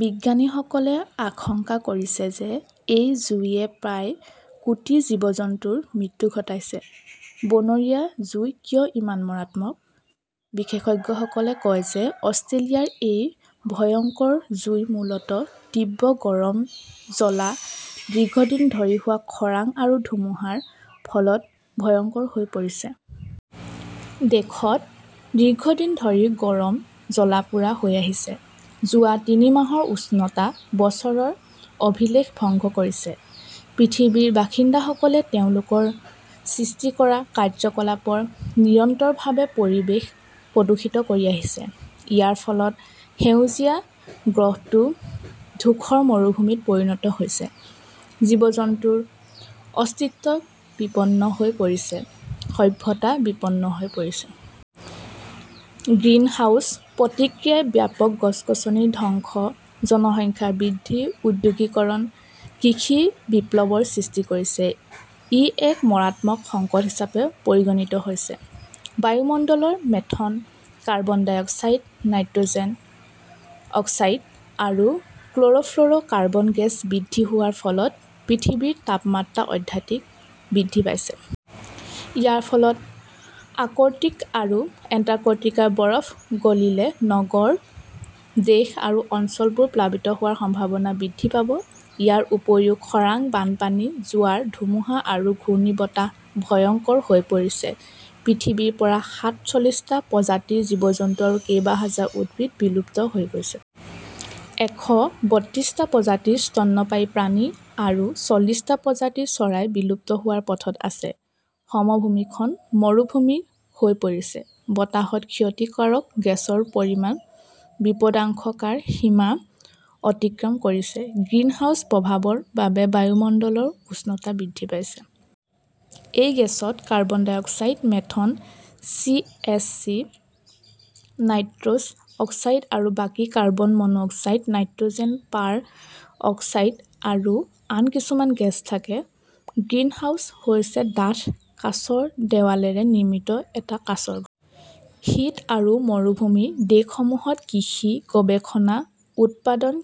বিশেষজ্ঞসকলে আশংকা কৰিছে যে এই জুইয়ে প্ৰায় কোটি জীৱ-জন্তুৰ মৃত্যু ঘটাইছে। বনৰীয়া জুই কিয় ইমান মাৰাত্মক? বিশেষজ্ঞসকলে কয় যে অষ্ট্ৰেলিয়াৰ এই ভয়ংকৰ জুই মূলতঃ তীব্ৰ গৰম জ্বলা, দীৰ্ঘদিন ধৰি হোৱা খৰাং আৰু ধুমুহাৰ ফলত ভয়ংকৰ হৈ পৰিছে। দেশত দীৰ্ঘদিন ধৰি গৰম জ্বলা-পোৰা হৈ আহিছে। যোৱা তিনি মাহৰ উষ্ণতা বছৰৰ অভিলেখ ভংগ কৰিছে। পৃথিৱীৰ বাসিন্দাসকলে তেওঁলোকৰ সৃষ্টি কৰা কাৰ্যকলাপত নিৰন্তৰভাৱে পৰিৱেশ প্ৰদূষিত কৰি আহিছে। ইয়াৰ ফলত সেউজীয়া গ্ৰহটো ধূসৰ মৰুভূমিত পৰিণত হৈছে, জীৱ-জন্তুৰ অস্তিত্ব বিপন্ন হৈ পৰিছে, সভ্যতা বিপন্ন হৈ পৰিছে। গ্ৰীণহাউছ প্ৰতিক্ৰিয়াই ব্যাপক গছ-গছনি ধ্বংস, জনসংখ্যা বৃদ্ধি, ঔদ্যোগিকৰণ, কৃষি বিপ্লৱৰ সৃষ্টি কৰিছে। ই এক মাৰাত্মক সংকট হিচাপে পৰিগণিত হৈছে। বায়ুমণ্ডলৰ methane, carbon dioxide, nitrous oxide আৰু ক্ল'ৰ'ফ্ল'ৰ কাৰ্বন গেছ বৃদ্ধি হোৱাৰ ফলত পৃথিৱীৰ তাপমাত্ৰা অত্যাধিক বৃদ্ধি পাইছে। ইয়াৰ ফলত আৰ্কটিক আৰু এণ্টাৰ্কটিকাৰ বৰফ গলিলে নগৰ, দেশ আৰু অঞ্চলবোৰ প্লাবিত হোৱাৰ সম্ভাৱনা বৃদ্ধি পাব ।ইয়াৰ উপৰিও খৰাং, বানপানী, জোৱাৰ, ধুমুহা আৰু ঘূৰ্ণীবতাহ ভয়ংকৰ হৈ পৰিছে। পৃথিৱীৰ পৰা সাত চল্লিশ টা প্ৰজাতিৰ জীৱ-জন্তু আৰু কেইবা হাজাৰ উদ্ভিদ বিলুপ্ত হৈ গৈছে। এশ বত্ৰিশ টা প্ৰজাতিৰ স্তন্যপায়ী প্ৰাণী আৰু ছাব্বিশ টা প্ৰজাতিৰ চৰাই বিলুপ্ত হোৱাৰ পথত আছে। সমভূমিখন মৰুভূমি হৈ পৰিছে, বতাহত ক্ষতিকাৰক গেছৰ পৰিমাণ বিপদাশংকাৰ সীমা অতিক্ৰম কৰিছে। গ্ৰীণহাউছ প্ৰভাৱৰ বাবে বায়ুমণ্ডলৰ উষ্ণতা বৃদ্ধি পাইছে। এই গেছত carbon dioxide, methane, C. F. C., nitrous oxide আৰু বাকী carbon monoxide, nitrogen peroxide আৰু আন কিছুমান গেছ থাকে। গ্ৰীণহাউছ হৈছে ডাঠ কাঁচৰ দেৱালেৰে নিৰ্মিত এটা কাঁচৰ শীত আৰু মৰুভূমিৰ দেশসমূহত কৃষি গৱেষণা উৎপাদন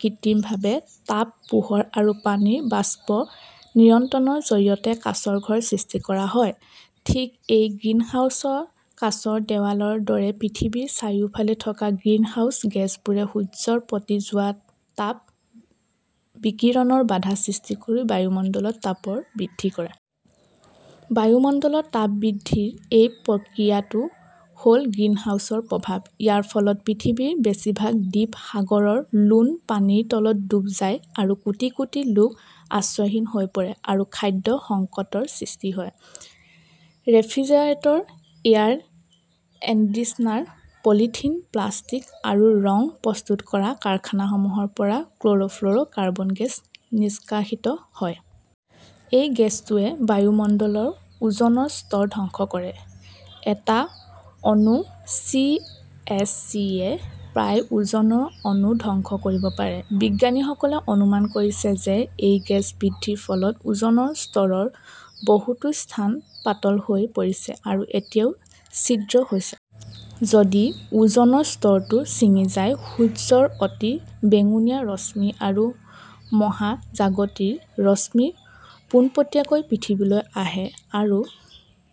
কৃত্ৰিমভাৱে তাপ, পোহৰ আৰু পানীৰ বাষ্প নিয়ন্ত্ৰণৰ জৰিয়তে কাঁচৰ ঘৰ সৃষ্টি কৰা হয়। ঠিক এই গ্ৰীণহাউছৰ কাঁচৰ দেৱালৰ দৰে পৃথিৱীৰ চাৰিওফালে থকা গ্ৰীণহাউছ গেছবোৰে সূৰ্যৰ পৰি যোৱা তাপ বিকিৰণত বাধা সৃষ্টি কৰি বায়ুমণ্ডলৰ তাপ বৃদ্ধি কৰে। বায়ুমণ্ডলৰ তাপ বৃদ্ধিৰ এই প্ৰক্ৰিয়াটো হ'ল গ্ৰীণহাউছৰ প্ৰভাৱ। ইয়াৰ ফলত পৃথিৱীৰ বেছিভাগ দ্বীপ সাগৰৰ লোণা পানীৰ তলত ডুব যাব আৰু কোটি কোটি লোক আশ্ৰয়হীন হৈ পৰিব আৰু খাদ্য সংকটৰ সৃষ্টি হ'ব। Refrigerator, air conditioner, polythene, plastic আৰু ৰং প্ৰস্তুত কৰা কাৰখানাসমূহৰ পৰা ক্ল'ৰ'ফ্ল'ৰ কাৰ্বন গেছ নিষ্কাশিত হয়। এই গেছটোৱে বায়ুমণ্ডলৰ ওজনৰ স্তৰ ধ্বংস কৰে। এটা অণু চি. এফ. চি. য়ে প্ৰায় ওজনৰ অণু ধ্বংস কৰিব পাৰে। বিজ্ঞানীসকলে অনুমান কৰিছে যে এই গেছ বৃদ্ধিৰ ফলত ওজনৰ স্তৰৰ বহুতো স্থান পাতল হৈ পৰিছে আৰু কেতিয়াবা ছিদ্ৰ হৈছে। যদি ওজনৰ স্তৰটো ছিঙি যায়, সূৰ্যৰ অতি বেঙুনীয়া ৰশ্মি আৰু মহাজাগতিক ৰশ্মি পোনপটীয়াকৈ পৃথিৱীলৈ আহে আৰু